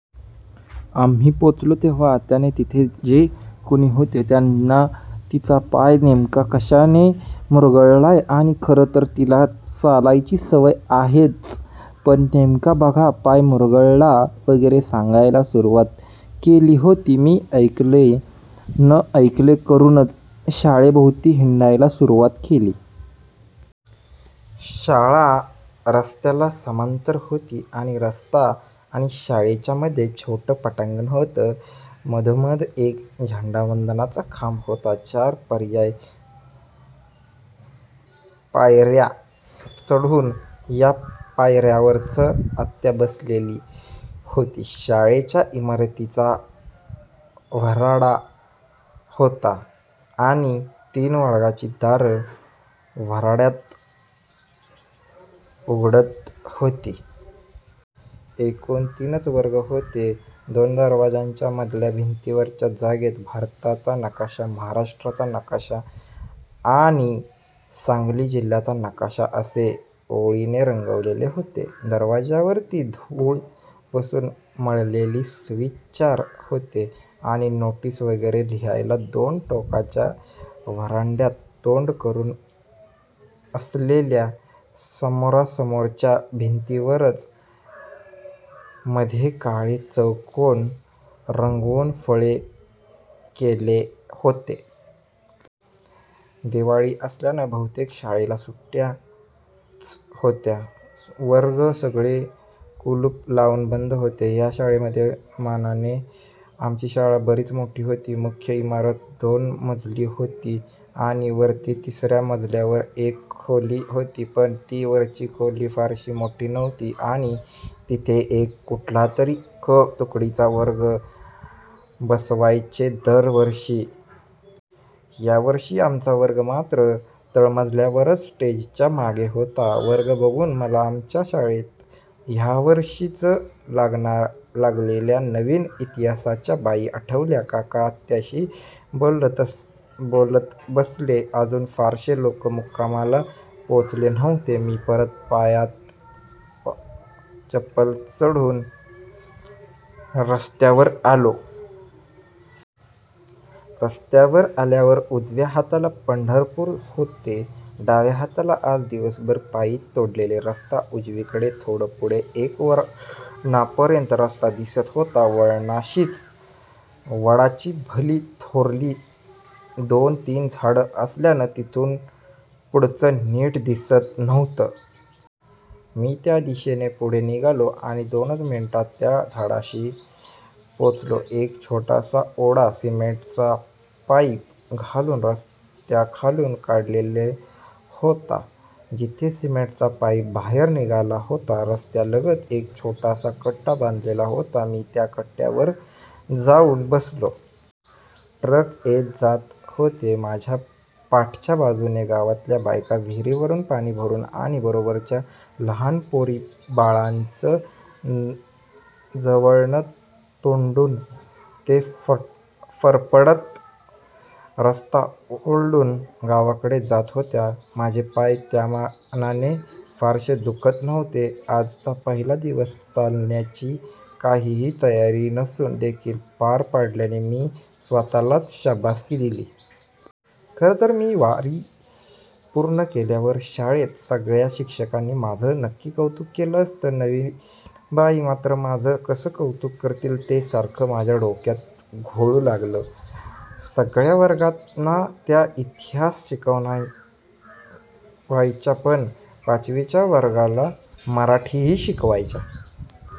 आम्ही पोचलो तेव्हा आत्याने तिथे जे कुणी होते त्यांना तिचा पाय नेमका कशाने मुरगळला आणि खरं तर तिला चालायची सवय आहेच पण नेमका बघा पाय मुरगळला वगैरे सांगायला सुरुवात केली होती. मी ऐकले न ऐकले करुन शाळेभोवती हिंडायला सुरुवात केली. शाळा रस्त्याला समांतर होती आणि रस्ता आणि शाळेच्यामध्ये छोटं पटांगण होतं. मधोमध एक झेंडावंदनाचा खांब होता. चार पायर्या चढून ह्या पायर्यांवरच आत्या बसलेली होती शाळेच्या इमारतीचा व्हरांडा होता आणि तीन वर्गांची दारं व्हरांड्यात उघडत होती. एकूण तीनच वर्ग होते. दोन दरवाजांच्या मधल्या भिंतीवरच्या जागेत भारताचा नकाशा, महाराष्ट्राचा नकाशा आणि सांगली जिल्ह्याचा नकाशा असे ओळीने रंगवलेले होते. दारांच्यावरती धूळ बसून मळलेले सुविचार होते आणि नोटीस वगैरे लिहायला दोन टोकाच्या व्हरांड्यात तोंड करुन असलेल्या समोरासमोरच्या भिंतींवरच मधे काळे चौकोन रंगवून फळे केले होते. दिवाळी असल्यानं बहुतेक शाळेला सुट्टीच होती. वर्ग सगळे कुलुपं लावून बंद होते. ह्या शाळेच्या मानाने आमची शाळा बरीच मोठी होती. मुख्य इमारत दोन मजली होती आणि वरती तिसर्या मजल्यावर एक खोली होती. पण ती वरची खोली फारशी मोठी नव्हती आणि तिथे एक कुठलातरी क तुकडीचा वर्गच बसवायचे दर वर्षी. ह्यावर्षी आमचा वर्ग मात्र तळ मजल्यावारच स्टेजच्या मागे होता. वर्ग बघून मला आमच्या शाळेत ह्यावर्षीच लागलेल्या नवीन इतिहासाच्या बाई आठवल्या. काका आत्याशी बोलत बसले. अजून फारशे लोक मुक्कामाला पोचले नव्ह्ते. मी परत पायात चपला चढवून रस्त्यावर आलो. रस्त्यावर आल्यावर उजव्या हाताला पंढरपूर होते. डाव्या हाताला आज दिवसभर पायी तोडलेला रस्ता. उजवीकडे थोडा पुढे एका वळणापर्यंत रस्ता दिसत होता. वळणाशीच वडाची भली थोरली दोन-तीन झाडं असल्यानं तिथून पुढचं नीट दिसत नव्हतं. मी त्या दिशेने पुढे निघालो आणि दोनच मिनिटात त्या झाडांशी पोचलो. एक छोटासा ओढा सिमेंटचा पाईप घालून रस्त्याखालून काढलेला होता. जिथे सिमेंटचा पाईप बाहेर निघतो तिथे रस्त्यालगत एक छोटासा कट्टा बांधलेला होता. मी त्या कट्ट्यावर जाउन बसलो. ट्रक येत जात होते. माझ्या पाठच्या बाजूने गावातल्या बायका विहीरवरुन पाणी भरुन आणि बरोबरच्या लहान पोरी बाभळीचं जळण तोडून ते फरपटवत रस्ता ओलांडून गावाकडे जात होत्या. माझे पाय त्यामानाने फारशे दुखत नव्हते. आजचा पहिला दिवस चालण्याची काहीही तयारी नसून देखील पार पडल्याने मी स्वत:लाच शाबासकी दिली. खरं तर मी वारी पूर्ण केल्यावर शाळेत सगळ्या शिक्षकांनी माझं नक्की कौतुक केलं असतं. नवीन बाई मात्र माझं कसं कौतुक करतील ते सारखं माझ्या डोक्यात घोळू लागलं. सगळ्या वर्गांना त्या इतिहास शिकवायच्या. पण पाचवीच्या वर्गाला मराठीही शिकवायच्या.